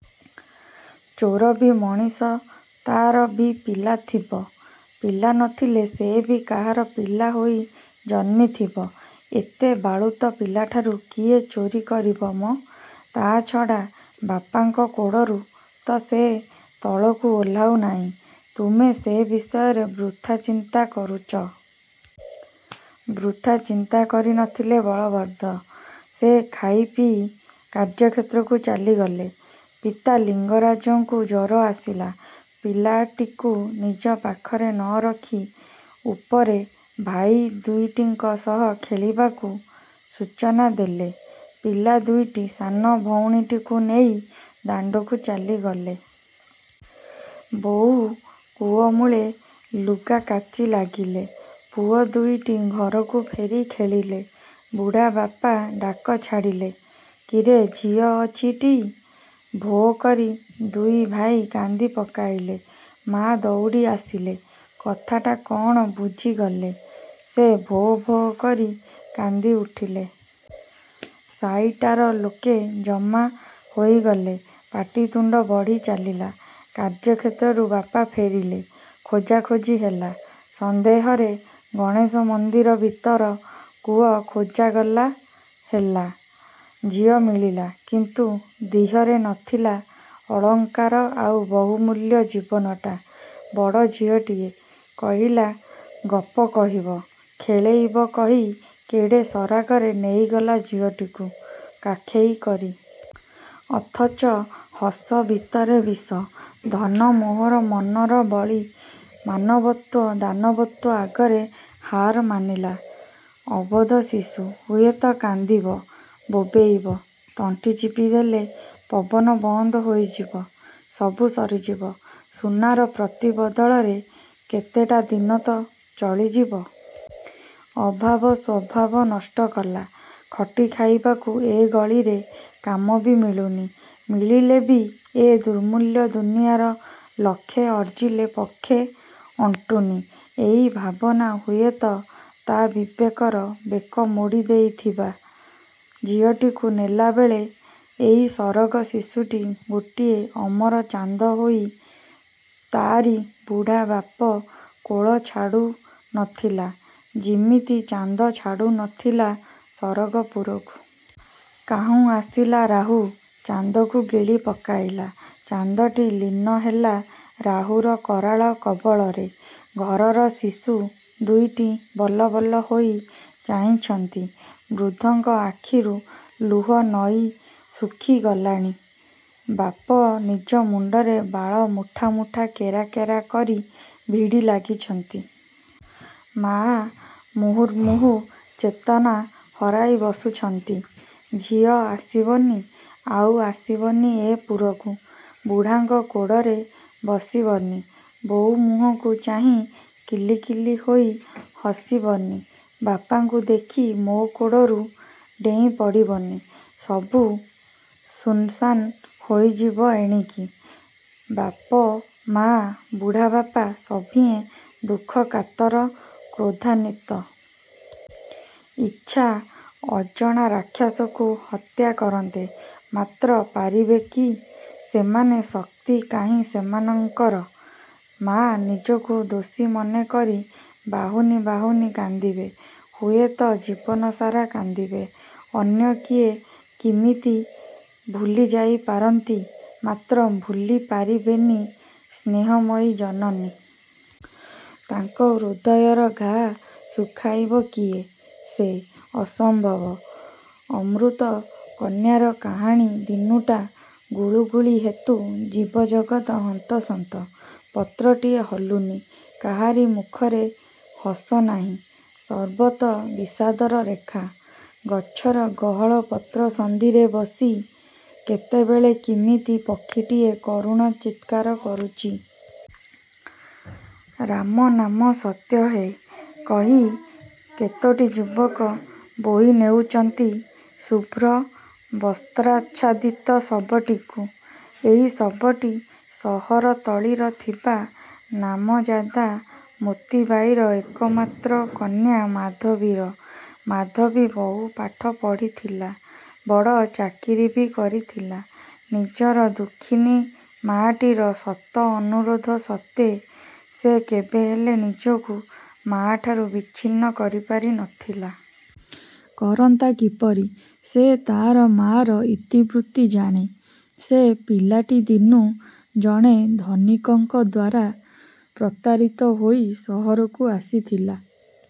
ଚୋର ବି ମଣିଷ ତାର ବି ପିଲା ଥିବ, ପିଲା ନଥିଲେ ସେ ବି କାହାର ପିଲା ହୋଇ ଜନ୍ମିଥିବ। ଏତେ ବାଳୁତ ପିଲାଠାରୁ କିଏ ଚୋରି କରିବ ମ! ତାଛଡ଼ା ବାପାଙ୍କ କୋଡ଼ରୁ ତ ସେ ତଳକୁ ଓହ୍ଳାଉ ନାହିଁ। ତୁମେ ସେ ବିଷୟରେ ବୃଥା ଚିନ୍ତା କରୁଚ। ବୃଥା ଚିନ୍ତା କରି ନ ଥିଲେ ବଳଭଦ୍ର। ସେ ଖାଇ ପିଇ କାର୍ଯ୍ୟକ୍ଷେତ୍ରକୁ ଚାଲିଗଲେ। ପିତା ଲିଙ୍ଗରାଜଙ୍କୁ ଜ୍ୱର ଆସିଲା। ପିଲାଟିକୁ ନିଜ ପାଖରେ ନ ରଖି ଉପରେ ଭାଇ ଦୁଇଟିଙ୍କ ସହ ଖେଳିବାକୁ ସୂଚନା ଦେଲେ। ପିଲା ଦୁଇଟି ସାନ ଭଉଣୀଟିକୁ ନେଇ ଦାଣ୍ତକୁ ଚାଲିଗଲେ। ବୋଉ କୂଅ ମୂଳେ ଲୁଗା କାଚି ଲାଗିଲେ। ପୁଅ ଦୁଇଟି ଘରକୁ ଫେରି ଖେଳିଲେ। ବୁଢ଼ା ବାପା ଡାକ ଛାଡ଼ିଲେ, କିରେ ଝିଅ ଅଛି ଟି? ଭୋ କରି ଦୁଇ ଭାଇ କାନ୍ଦି ପକାଇଲେ। ମା ଦଉଡ଼ି ଆସିଲେ। କଥାଟା କ'ଣ ବୁଝିଗଲେ। ସେ ଭୋ ଭୋ କରି କାନ୍ଦି ଉଠିଲେ। ସାଇଟାର ଲୋକେ ଜମା ହୋଇଗଲେ। ପାଟି ତୁଣ୍ତ ବଢ଼ି ଚାଲିଲା। କାର୍ଯ୍ୟକ୍ଷେତ୍ରରୁ ବାପା ଫେରିଲେ। ଖୋଜାଖୋଜି ହେଲା। ସନ୍ଦେହରେ ଗଣେଶ ମନ୍ଦିର ଭିତର କୂଅ ଖୋଜାଗଲା ହେଲା। ଝିଅ ମିଳିଲା। କିନ୍ତୁ ଦିହରେ ନଥିଲା ଅଳଙ୍କାର ଆଉ ବହୁ ମୂଲ୍ୟ ଜୀବନଟା। ବଡ଼ ଝିଅଟିଏ, କହିଲା ଗପ କହିବ, ଖେଳେଇବ କହି କେଡ଼େ ସରାଗରେ ନେଇଗଲା ଝିଅଟିକୁ, କାଖେଇ କରି। ଅଥଚ ହସ ଭିତରେ ବିଷ। ଧନ ମୋହର ମନର ବଳି, ମାନବତ୍ୱ ଦାନବତ୍ୱ ଆଗରେ ହାର ମାନିଲା। ଅବୋଧ ଶିଶୁ। ହୁଏତ କାନ୍ଦିବ, ବୋବେଇବ। ତଣ୍ଟି ଚିପି ଦେଲେ, ପବନ ବନ୍ଦ ହୋଇଯିବ। ସବୁ ସରିଯିବ, ସୁନାର ପ୍ରତି ବଦଳରେ କେତେଟା ଦିନ ତ ଚଳିଯିବ। ଅଭାବ ସ୍ୱଭାବ ନଷ୍ଟ କଲା। ଖଟି ଖାଇବାକୁ ଏ ଗଳିରେ କାମ ବି ମିଳୁନି। ମିଳିଲେ ବି ଏ ଦୁର୍ମୂଲ୍ୟ ଦୁନିଆର ଲକ୍ଷେ ଅର୍ଜିଲେ ପକ୍ଷେ ଅଣ୍ଟୁନି। ଏଇ ଭାବନା, ହୁଏତ ତା ବିବେକର ବେକ ମୋଡ଼ି ଦେଇଥିବା। ଝିଅଟିକୁ ନେଲା ବେଳେ, ଏଇ ସରଗ ଶିଶୁଟି ଗୋଟିଏ ଅମର ଚାନ୍ଦ ହୋଇ ତାରି ବୁଢ଼ା ବାପ କୋଳ ଛାଡ଼ୁ ନ ଥିଲା, ଯିମିତି ଚାନ୍ଦ ଛାଡ଼ୁ ନଥିଲା ସରଗପୁରକୁ। କାହୁଁ ଆସିଲା ରାହୁ, ଚାନ୍ଦକୁ ଗିଳି ପକାଇଲା।। ଚାନ୍ଦଟି ଲୀନ ହେଲା ରାହୁର କରାଳ କବଳରେ। ଘରର ଶିଶୁ ଦୁଇଟି ବଲବଲ ହୋଇ ଚାହିଁଛନ୍ତି। ବୃଦ୍ଧଙ୍କ ଆଖିରୁ ଲୁହ ନଈ ଶୁଖି ଗଲାଣି। ବାପ ନିଜ ମୁଣ୍ତରେ ବାଳ ମୁଠା ମୁଠା କେରା କେରା କରି ଭିଡ଼ି ଲାଗିଛନ୍ତି। ମାଆ ମୁର୍ହୁମୁର୍ହୁଃ ଚେତନା ହରାଇ ବସୁଛନ୍ତି। ଝିଅ ଆସିବନି, ଆଉ ଆସିବନି ଏ ପୁରକୁ। ବୁଢ଼ାଙ୍କ କୋଡ଼ରେ ବସିବନି। ବୋଉ ମୁହଁକୁ ଚାହିଁ କିଲିକିଲି ହୋଇ ହସିବନି। ବାପାଙ୍କୁ ଦେଖି ମା କୋଡ଼ରୁ ଡ଼େଇଁ ପଡ଼ିବନି। ସବୁ ଶୁନ୍ଶାନ୍ ହୋଇଯିବ ଏଣିକି। ବାପ, ମା, ବୁଢ଼ା ବାପା, ସଭିଏଁ ଦୁଃଖ କାତର, କ୍ରୋଧାନ୍ୱିତ। ଇଚ୍ଛା, ଅଜଣା ରାକ୍ଷସକୁ ହତ୍ୟା କରନ୍ତେ। ମାତ୍ର ପାରିବେ କି ସେମାନେ ଶକ୍ତି କାହିଁ ସେମାନଙ୍କର? ମା, ନିଜକୁ ଦୋଷୀ ମନେକରି ବାହୁନି ବାହୁନି କାନ୍ଦିବେ। ହୁଏତ ଜୀବନ ସାରା କାନ୍ଦିବେ। ଅନ୍ୟ କିଏ କିମିତି ଭୁଲି ଯାଇପାରନ୍ତି, ମାତ୍ର ଭୁଲି ପାରିବେନି ସ୍ନେହମୟୀ ଜନନୀ। ତାଙ୍କ ହୃଦୟର ଘା' ଶୁଖାଇବ କିଏ ସେ? ଅସମ୍ଭବ! ଅମୃତ କନ୍ୟାର କାହାଣୀ ଦିନୁଟା ଗୁଳୁଗୁଳି ହେତୁ ଜୀବ-ଜଗତ ହନ୍ତସନ୍ତ। ପତ୍ରଟିଏ ହଲୁନି। କାହାରି ମୁଖରେ ହସ ନାହିଁ। ସର୍ବତ୍ର ବିଷାଦର ରେଖା। ଗଛର ଗହଳ ପତ୍ର ସନ୍ଧିରେ ବସି କେତେବେଳେ କିମିତି ପକ୍ଷୀଟିଏ କରୁଣ ଚିତ୍କାର କରୁଚି। 'ରାମ ନାମ ସତ୍ୟ ହେ' କହି କେତୋଟି ଯୁବକ ବୋହି ନେଉଚନ୍ତି ଶୁଭ୍ର ବସ୍ତ୍ରାଚ୍ଛାଦିତ ଶବଟିକୁ। ଏହି ଶବଟି ସହର ତଳିର ଥିବା ନାମଯାଦା ମୋତିବାଈର ଏକମାତ୍ର କନ୍ୟା ମାଧବୀର। ମାଧବୀ ବହୁ ପାଠ ପଢ଼ିଥିଲା। ବଡ଼ ଚାକିରୀ ବି କରିଥିଲା। ନିଜର ଦୁଃଖିନୀ ମା'ଟିର ଶତ ଅନୁରୋଧ ସତ୍ତ୍ୱେ ସେ କେବେହେଲେ ନିଜକୁ ମା'ଠାରୁ ବିଚ୍ଛିନ୍ନ କରିପାରି ନଥିଲା। କରନ୍ତା କିପରି? ସେ ତା'ର ମା'ର ଇତିବୃତ୍ତି ଜାଣେ। ସେ ପିଲାଟିଦିନୁ ଜଣେ ଧନୀକଙ୍କ ଦ୍ୱାରା ପ୍ରତାରିତ ହୋଇ ସହରକୁ ଆସିଥିଲା।